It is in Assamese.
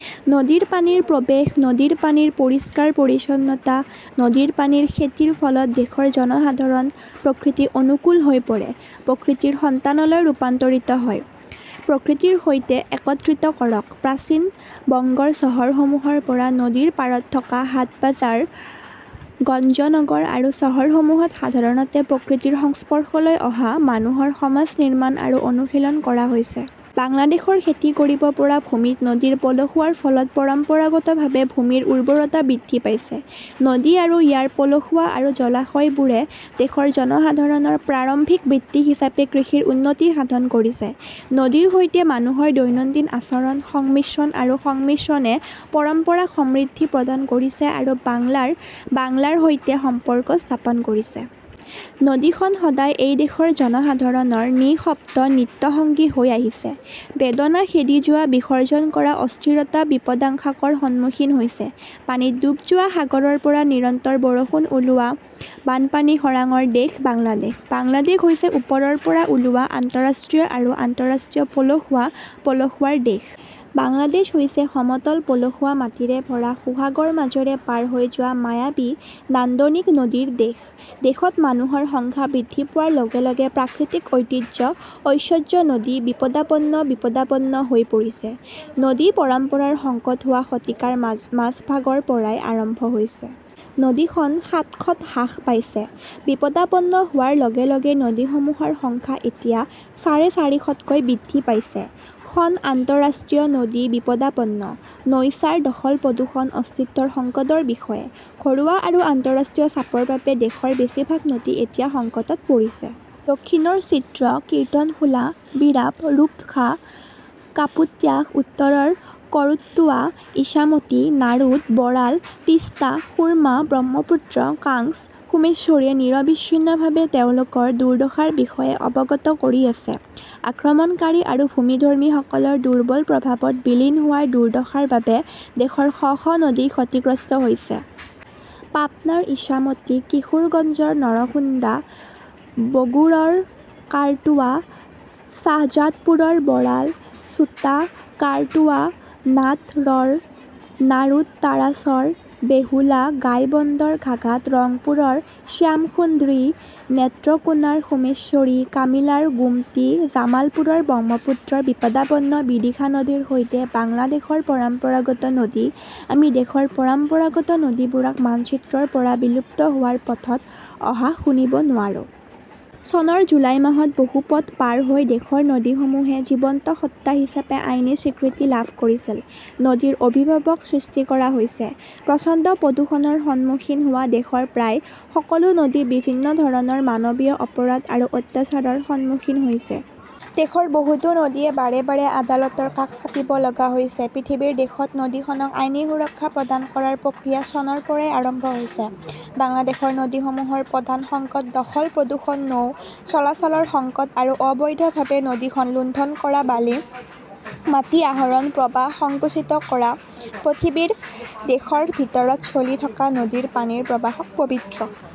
নদীৰ পানীৰ প্ৰৱেশ, নদীৰ পানীৰ পৰিষ্কাৰ-পৰিচ্ছন্নতা, নদীৰ পানীৰ খেতিৰ ফলত দেশৰ জনসাধাৰণ প্ৰকৃতি-অনুকূল হৈ পৰে, প্ৰকৃতিৰ সন্তানলৈ ৰূপান্তৰিত হয়। প্ৰকৃতিৰ সৈতে একত্ৰিত কৰক। প্ৰাচীন বংগৰ চহৰসমূহৰ পৰা নদীৰ পাৰত থকা হাটবাজাৰ, গঞ্জ, নগৰ আৰু চহৰসমূহত সাধাৰণতে প্ৰকৃতিৰ সংস্পৰ্শলৈ অহা মানুহৰ সমাজ নিৰ্মাণ আৰু অনুশীলন কৰা হৈছে। বাংলাদেশৰ খেতি কৰিব পৰা ভূমিত নদীৰ পলসুৱাৰ ফলত পৰম্পৰাগতভাৱে ভূমিৰ উৰ্বৰতা বৃদ্ধি পাইছে। নদী আৰু ইয়াৰ পলসুৱা আৰু জলাশয়বোৰে দেশৰ জনসাধাৰণৰ প্ৰাৰম্ভিক বৃত্তি হিচাপে কৃষিৰ উন্নতি সাধন কৰিছে। নদীৰ সৈতে মানুহৰ দৈনন্দিন আচৰণ, সংমিশ্ৰণ আৰু সংমিশ্ৰণে পৰম্পৰাক সমৃদ্ধি প্ৰদান কৰিছে আৰু বাংলাৰ বাংলাৰ সৈতে সম্পৰ্ক স্থাপন কৰিছে। নদীখন সদায় এই দেশৰ জনসাধাৰণৰ নিঃশব্দ নিত্য সঙ্গী হৈ আহিছে, বেদনা, খেদি যোৱা, বিসৰ্জন কৰা, অস্থিৰতা, বিপদাশংকাৰ সন্মুখীন হৈছে। পানীত ডুব যোৱা, সাগৰৰ পৰা নিৰন্তৰ বৰষুণ ওলোৱা, বানপানী-খৰাংৰ দেশ বাংলাদেশ। বাংলাদেশ হৈছে ওপৰৰ পৰা ওলোৱা আন্তঃৰাষ্ট্ৰীয় আৰু আন্তঃৰাষ্ট্ৰীয় পলসুৱা, পলসুৱাৰ দেশ। বাংলাদেশ হৈছে সমতল পলসুৱা মাটিৰে ভৰা সোহাগৰ মাজেৰে পাৰ হৈ যোৱা মায়াবী নান্দনিক নদীৰ দেশ। দেশত মানুহৰ সংখ্যা বৃদ্ধি পোৱাৰ লগে লগে প্ৰাকৃতিক ঐতিহ্য-ঐশ্বৰ্য নদী বিপদাপন্ন, বিপদাপন্ন হৈ পৰিছে। নদী-পৰম্পৰাৰ সংকট যোৱা শতিকাৰ মাজভাগৰ পৰাই আৰম্ভ হৈছে। নদীখন সাতশত হ্ৰাস পাইছে। বিপদাপন্ন হোৱাৰ লগে লগে নদীসমূহৰ সংখ্যা এতিয়া চাৰে চাৰিশতলৈ বৃদ্ধি পাইছে। খন আন্তঃৰাষ্ট্ৰীয় নদী বিপদাপন্ন। নৌচাৰ, দখল-প্ৰদূষণ, অস্তিত্বৰ সংকটৰ বিষয়ে। ঘৰুৱা আৰু আন্তঃৰাষ্ট্ৰীয় চাপৰ বাবে দেশৰ বেছিভাগ নদী এতিয়া সংকটত পৰিছে। দক্ষিণৰ চিত্ৰ, কীৰ্তনখোলা, বীৰাব, ৰূপসা, কাপুট্যাখ; উত্তৰৰ কৰোট্টোৱা, ইছামতি, নাৰোড, বৰাল, তিষ্টা, সুৰমা, ব্ৰহ্মপুত্ৰ, কাংছ, সোমেশ্বৰীয়ে নিৰবিচ্ছিন্নভাৱে তেওঁলোকৰ দুৰ্দশাৰ বিষয়ে অৱগত কৰি আছে। আক্ৰমণকাৰী আৰু ভূমিধৰ্মীসকলৰ দুৰ্বল প্ৰভাৱত বিলীন হোৱাৰ দুৰ্দশাৰ বাবে দেশৰ শ শ নদী ক্ষতিগ্ৰস্ত হৈছে। পাবনাৰ ইছামতী, কিশোৰগঞ্জৰ নৰসুন্দা, বগুড়ৰ কাৰতোয়া, শ্বাহজাদপুৰৰ বৰাল, ছোটা কাৰতোয়া, নাট 'ৰৰ নাৰোড, তাৰাছৰ বেহুলা, গাইবন্দৰ ঘাঘাট, ৰংপুৰৰ শ্যামাসুন্দ্ৰী, নেত্ৰকোনাৰ সোমেশ্বৰী, কামিলাৰ গোমতী, জামালপুৰৰ ব্ৰহ্মপুত্ৰৰ বিপদাপন্ন বিদিশা নদীৰ সৈতে বাংলাদেশৰ পৰম্পৰাগত নদী। আমি দেশৰ পৰম্পৰাগত নদীবোৰক মানচিত্ৰৰ পৰা বিলুপ্ত হোৱাৰ পথত অহা শুনিব নোৱাৰো। চনৰ জুলাই মাহত বহু পথ পাৰ হৈ দেশৰ নদীসমূহে জীৱন্ত সত্তা হিচাপে আইনী স্বীকৃতি লাভ কৰিছিল। নদীৰ অভিভাৱক সৃষ্টি কৰা হৈছে। প্ৰচণ্ড প্ৰদূষণৰ সন্মুখীন হোৱা দেশৰ প্ৰায় সকলো নদী বিভিন্ন ধৰণৰ মানৱীয় অপৰাধ আৰু অত্যাচাৰৰ সন্মুখীন হৈছে। দেশৰ বহুতো নদীয়ে বাৰে বাৰে আদালতৰ কাষ চাপিব লগা হৈছে। পৃথিৱীৰ দেশত নদীখনক আইনী সুৰক্ষা প্ৰদান কৰাৰ প্ৰক্ৰিয়া চনৰ পৰা আৰম্ভ হৈছে। বাংলাদেশৰ নদীসমূহৰ প্ৰধান সংকট দখল, প্ৰদূষণ, নৌ চলাচলৰ সংকট আৰু অবৈধভাৱে নদীখন লুণ্ঠন কৰা বালি, মাটি আহৰণ, প্ৰৱাহ সংকুচিত কৰা। পৃথিৱীৰ দেশৰ ভিতৰত, চলি থকা নদীৰ পানীৰ প্ৰবাহক পবিত্ৰ